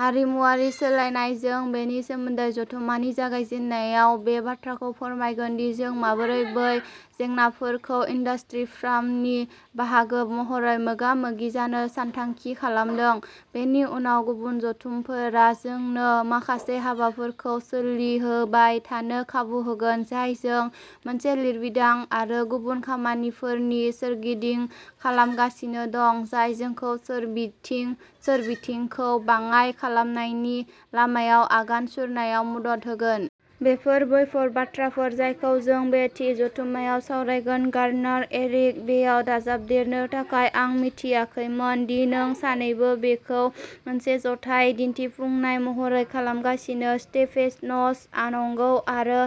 हारिमुआरि सोलायनायजों बेनि सोमोन्दै जथुम्मानि जागायजेन्नायाव बे बाथ्राखौ फोरमायगोन दि जों माबोरै बै जेंनाफोरखौ इन्दास्ट्रि फ्रामनि बाहागो महरै मोगा मोगि जानो सानथांखि खालामदों। बेनि उनाव गुबुन जथुमफोरा जोंनो माखासे हाबाफोरखौ सोलिहोबाय थानो खाबु होगोन जाय जों मोनसे लिरबिदां आरो गुबुन खामानिफोरनि सोरगिदिं खालामगासिनो दं जाय जोंखौ सोरबिथिं सोरबिथिंखौ बाङाइ खालामनायनि लामायाव आगान सुरनायाव मदद होगोन। बेफोर बैफोर बाथ्राफोर जायखौ जों बे थि जथुम्मायाव सावरायगोन गार्डनार एरिक बेयाव दाजाबदेरनो थाखाय आं मिथियाखैमोन दि नों सानैबो बेखौ मोनसे जथाय दिन्थिफुंनाय महरै खालामगासिनो स्टेफेसनस नंगौ आरो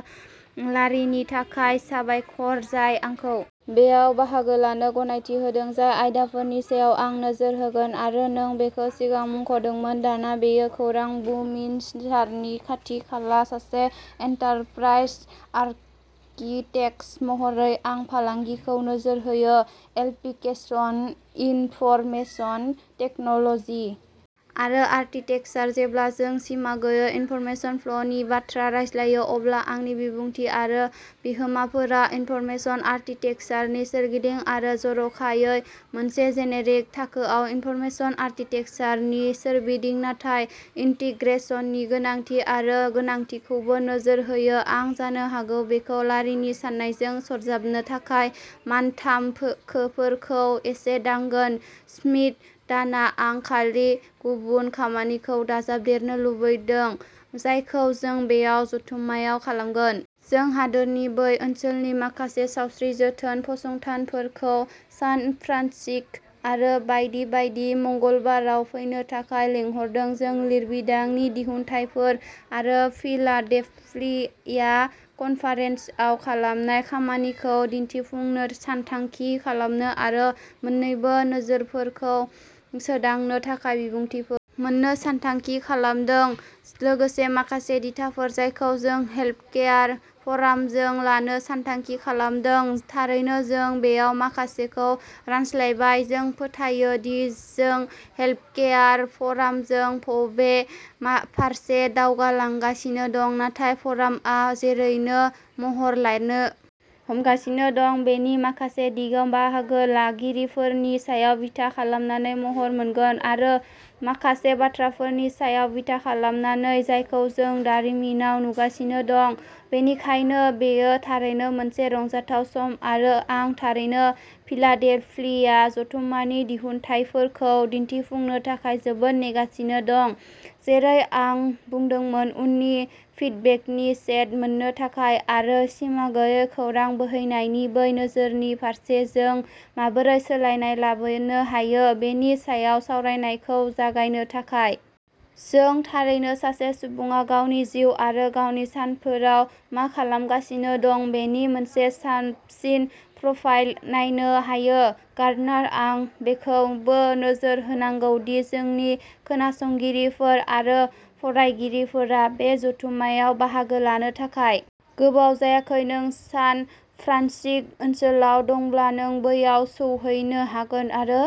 लारिनि थाखाय साबायखर जाय आंखौ बेयाव बाहागो लानो गनायथि होदों जाय आयदाफोरनि सायाव आं नोजोर होगोन आरो नों बेखौ सिगाङाव मुंख'दोंमोन दाना बेयो खौरां बुमिनसारनि खाथि खाला सासे एन्टारप्राइज आर्किटेक्ट महरै आं फालांगिखौ नोजोर होयो एप्लिकेसन इनफरमेशन टेक्न'ल'जि आरो आर्किटेकचार जेब्ला जों सिमा गैयै इनफरमेशन फ्ल'नि बाथ्रा रायज्लायो अब्ला आंनि बिबुंथि आरो बिहोमाफोरा इनफरमेशन आर्किटेकचारनि सोरगिदिं आरो जर'खायै मोनसे जेनेरिक थाखोआव इनफरमेशन आर्किटेकचारनि सोरबिथिं नाथाय इन्टिग्रेसननि गोनांथि आरो गोनांथिखौबो नोजोर होयो आं जानो हागौ बेखौ लारिनि साननायजों सरजाबनो थाखाय मानथामफोरखोफोरखौ एसे दांगोन श्मिट डाना आं खालि गुबुन खामानिखौ दाजाबदेरनो लुबैदों जायखौ जों बेयाव जथुम्मायाव खालामगोन। जों हादोरनि बै ओनसोलनि माखासे सावस्रि जोथोन फसंथानफोरखौ सान फ्रान्सिक आरो बायदि बायदि मंगलबाराव फैनो थाखाय लिंहरदों जों लिरबिदांनि दिहुनथायफोर आरो फिलाडेल्फिया कनफारेन्सआव खालामनाय खामानिखौ दिन्थिफुंनो सानथांखि खालामदों आरो मोन्नैबो नोजोरफोरखौ सोदांनो थाखाय बिबुंथिफो मोन्नो सानथांखि खालामदों लोगोसे माखासे दिथाफोर जायखौ जों हेल्पकेयार फरामजों लानो सानथांखि खालामदों थारैनो जों बेयाव माखासेखौ रानस्लायबाय जों फोथायो दि जों हेल्पकेयार फ'रामजों बबे फारसे दावगालांगासिनो दं नाथाय फ'रामआ जेरैनो महर लायनो हमगासिनो दं बेनि माखासे दिगाव बाहागो लागिरिफोरनि सायाव बिथा खालामनानै महर मोनगोन आरो माखासे बाथ्राफोरनि सायाव बिथा खालामनानै जायखौ जों दारिमिनाव नुगासिनो दं बेनिखायनो बेयो थारैनो मोनसे रंजाथाव सम आरो आं थारैनो फिलाडेफ्लिया जथुम्मानि दिहुनथाइफोरखौ दिन्थिफुंनो थाखाय जोबोद नेगासिनो दं जेरै आं बुंदोंमोन उननि फिडबेकनि सेट मोन्नो थाखाय आरो सिमा गैयै खौरां बोहैनायनि बै नोजोरनि फारसे जों माबोरै सोलायनाय लाबोनो हायो बेनि सायाव सावरायनायखौ जागायनो थाखाय। जों थारैनो सासे सुबुङा गावनि जिउ आरो गावनि सानफोराव मा खालामगासिनो दं बेनि मोनसे साबसिन प्रफाइल नायनो हायो। गार्डनार आं बेखौबो नोजोर होनांगौ दि जोंनि खोनासंगिरिफोर आरो फरायगिरिफोरा बे जथुम्मायाव बाहागो लानो थाखाय गोबाव जायाखै नों सान फ्रान्सिक ओनसोलाव दंब्ला नों बैयाव सौहैनो हागोन आरो